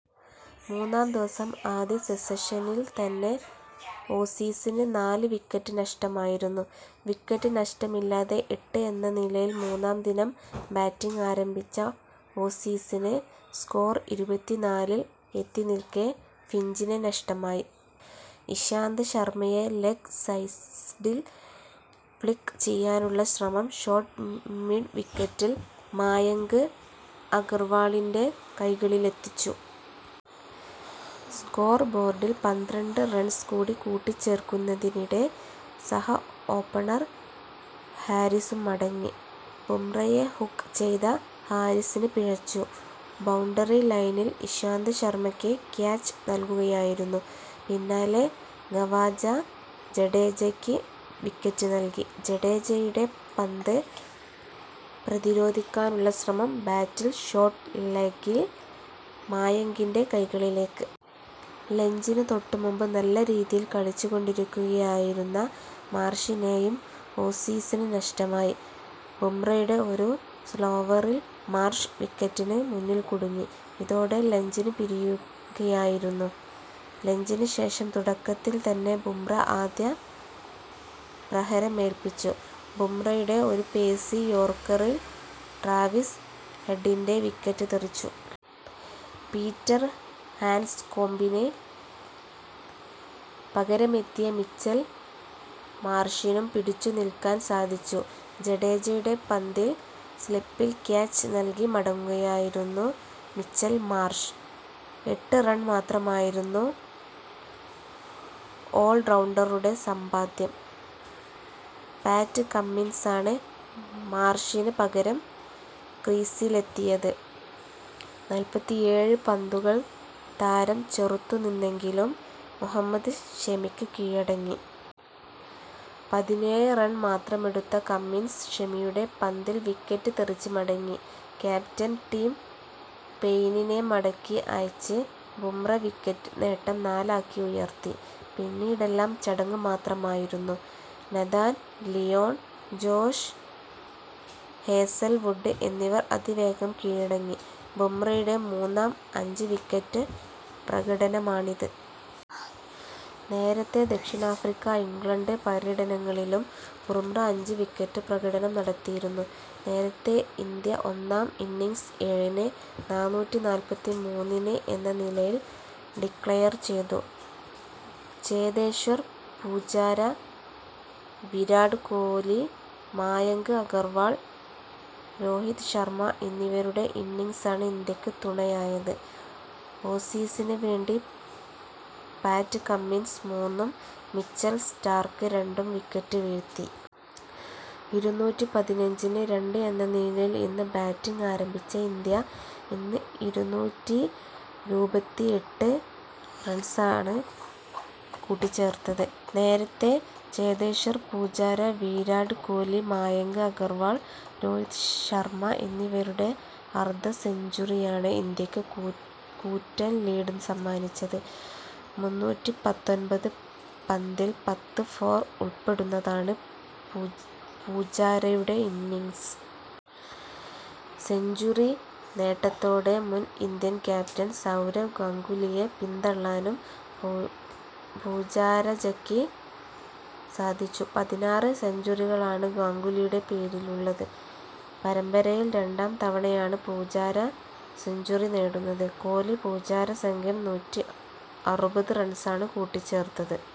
മൂന്നാം ദിവസം ആദ്യ സെസഷനിൽ തന്നെ ഓസീസിന് നാല് വിക്കറ്റ് നഷ്ടമായിരുന്നു. വിക്കറ്റ് നഷ്ടമില്ലാതെ എട്ട് എന്ന നിലയിൽ മൂന്നാം ദിനം ബാറ്റിങ് ആരംഭിച്ച ഓസീസിന് സ്കോർ ഇരുപത്തിനാലിൽ എത്തിനിൽക്കെ ഫിഞ്ചിനെ നഷ്ടമായി. ഇശാന്ത് ശർമയെ ലെഗ് സൈസ്‌ഡിൽ ഫ്ളിക്ക് ചെയ്യാനുള്ള ശ്രമം ഷോർട്ട് മ് മിഡ് വിക്കറ്റിൽ മായങ്ക് അഗർവാളിൻ്റെ കൈകളിലെത്തിച്ചു. സ്കോർ ബോർഡിൽ പന്ത്രണ്ട് റൺസ് കൂടി കൂട്ടിച്ചേർക്കുന്നതിനിടെ സഹ ഓപ്പണർ ഹാരിസും മടങ്ങി. ബുംറയെ ഹുക്ക് ചെയ്ത ഹാരിസിന് പിഴച്ചു. ബൌണ്ടറി ലൈനിൽ ഇശാന്ത് ശർമയ്ക്ക് ക്യാച്ച് നൽകുകയായിരുന്നു. പിന്നാലെ ഗവാജ ജഡേജയ്ക്ക് വിക്കറ്റ് നൽകി. ജഡേജയുടെ പന്ത് പ്രതിരോധിക്കാനുള്ള ശ്രമം ബാറ്റിൽ ഷോർട്ട് ലെഗിൽ മായങ്കിൻ്റെ കൈകളിലേക്ക്. ലഞ്ചിന് തൊട്ട് മുമ്പ് നല്ല രീതിയിൽ കളിച്ചിക്കൊണ്ടിരിക്കുകയായിരുന്ന മാർഷിനെയും ഓസീസിന് നഷ്ടമായി. ബുംറയുടെ ഒരു സ്ലോവറിൽ മാർഷ് വിക്കറ്റിന് മുന്നിൽ കുടുങ്ങി. ഇതോടെ ലഞ്ചിന് പിരിയുകയായിരുന്നു. ലഞ്ചിന് ശേഷം തുടക്കത്തിൽ തന്നെ ബുംറ ആദ്യ പ്രഹരമേൽപ്പിച്ചു. ബുംറയുടെ ഒരു പേസി യോർക്കറിൽ ട്രാവിസ് ഹെഡിൻ്റെ വിക്കറ്റ് തെറിച്ചു. പീറ്റർ ഹാൻഡ്സ്കോംബിന് പകരമെത്തിയ മിച്ചൽ മാർഷിനും പിടിച്ചു നിൽക്കാൻ സാധിച്ചു. ജഡേജയുടെ പന്തിൽ സ്ലിപ്പിൽ ക്യാച്ച് നൽകി മടങ്ങുകയായിരുന്നു മിച്ചൽ മാർഷ്. എട്ട് റൺ മാത്രമായിരുന്നു ഓൾറൌണ്ടറുടെ സമ്പാദ്യം. പാറ്റ് കമ്മിൻസാണ് മാർഷിന് പകരം ക്രീസിലെത്തിയത്. നാല്പത്തിയേഴ് പന്തുകൾ താരം ചെറുത്തുനിന്നെങ്കിലും മുഹമ്മദ് ഷമിക്ക് കീഴടങ്ങി. പതിനേഴ് റൺ മാത്രമെടുത്ത കമ്മിൻസ് ഷമിയുടെ പന്തിൽ വിക്കറ്റ് തെറിച്ച് മടങ്ങി. ക്യാപ്റ്റൻ ടിം പെയ്നിനെ മടക്കി അയച്ച് ബുംറ വിക്കറ്റ് നേട്ടം നാലാക്കി ഉയർത്തി. പിന്നീടെല്ലാം ചടങ്ങ് മാത്രമായിരുന്നു. നഥാൻ ലിയോൺ, ജോഷ് ഹേസൽവുഡ് എന്നിവർ അതിവേഗം കീഴടങ്ങി. ബുംറയുടെ മൂന്നാം അഞ്ച് വിക്കറ്റ് പ്രകടനമാണിത്. നേരത്തെ ദക്ഷിണാഫ്രിക്ക, ഇംഗ്ലണ്ട് പര്യടനങ്ങളിലും ബുംറ അഞ്ച് വിക്കറ്റ് പ്രകടനം നടത്തിയിരുന്നു. നേരത്തെ, ഇന്ത്യ ഒന്നാം ഇന്നിങ്സ് ഏഴിന് നാനൂറ്റിനാല്പത്തിമൂന്നിന് എന്ന നിലയിൽ ഡിക്ലയർ ചെയ്തു. ചേതേശ്വർ പൂജാര, വിരാട് കോലി, മായങ്ക് അഗർവാൾ, രോഹിത് ശർമ എന്നിവരുടെ ഇന്നിങ്സാണ് ഇന്ത്യക്ക് തുണയായത്. ഓസീസിന് വേണ്ടി പാറ്റ് കമ്മിൻസ് മൂന്നും മിച്ചൽ സ്റ്റാർക്ക് രണ്ടും വിക്കറ്റ് വീഴ്ത്തി. ഇരുന്നൂറ്റിപതിനഞ്ചിന് രണ്ട് എന്ന നിലയിൽ ഇന്ന് ബാറ്റിങ് ആരംഭിച്ച ഇന്ത്യ ഇന്ന് ഇരുന്നൂറ്റീരുപത്തിഎട്ട് റൺസാണ് കൂട്ടിച്ചേർത്തത്. നേരത്തെ, ചേതേശ്വർ പൂജാര, വീരാട് കോലി, മായങ്ക് അഗർവാൾ, രോഹിത് ശർമ എന്നിവരുടെ അർധ സെഞ്ചുറിയാണ് ഇന്ത്യക്ക് കൂ കൂറ്റൻ ലീഡ് സമ്മാനിച്ചത്. മുന്നൂറ്റിപത്തൊൻപത് പന്തിൽ പത്ത് ഫോർ ഉൾപ്പെടുന്നതാണ് പൂ പൂജാരയുടെ ഇന്നിങ്സ്. സെഞ്ചുറി നേട്ടത്തോടെ മുൻ ഇന്ത്യൻ ക്യാപ്റ്റൻ സൗരവ് ഗാംഗുലിയെ പിന്തള്ളാനും പൂജാരജയ്ക്ക് സാധിച്ചു. പതിനാറ് സെഞ്ചുറികളാണ് ഗാംഗുലിയുടെ പേരിലുള്ളത്. പരമ്പരയിൽ രണ്ടാം തവണയാണ് പൂ പൂജാര സെഞ്ചുറി നേടുന്നത്. കോലി പൂജാര സംഖ്യം നൂറ്റിഅറുപത് റൺസാണ് കൂട്ടിച്ചേർത്തത്.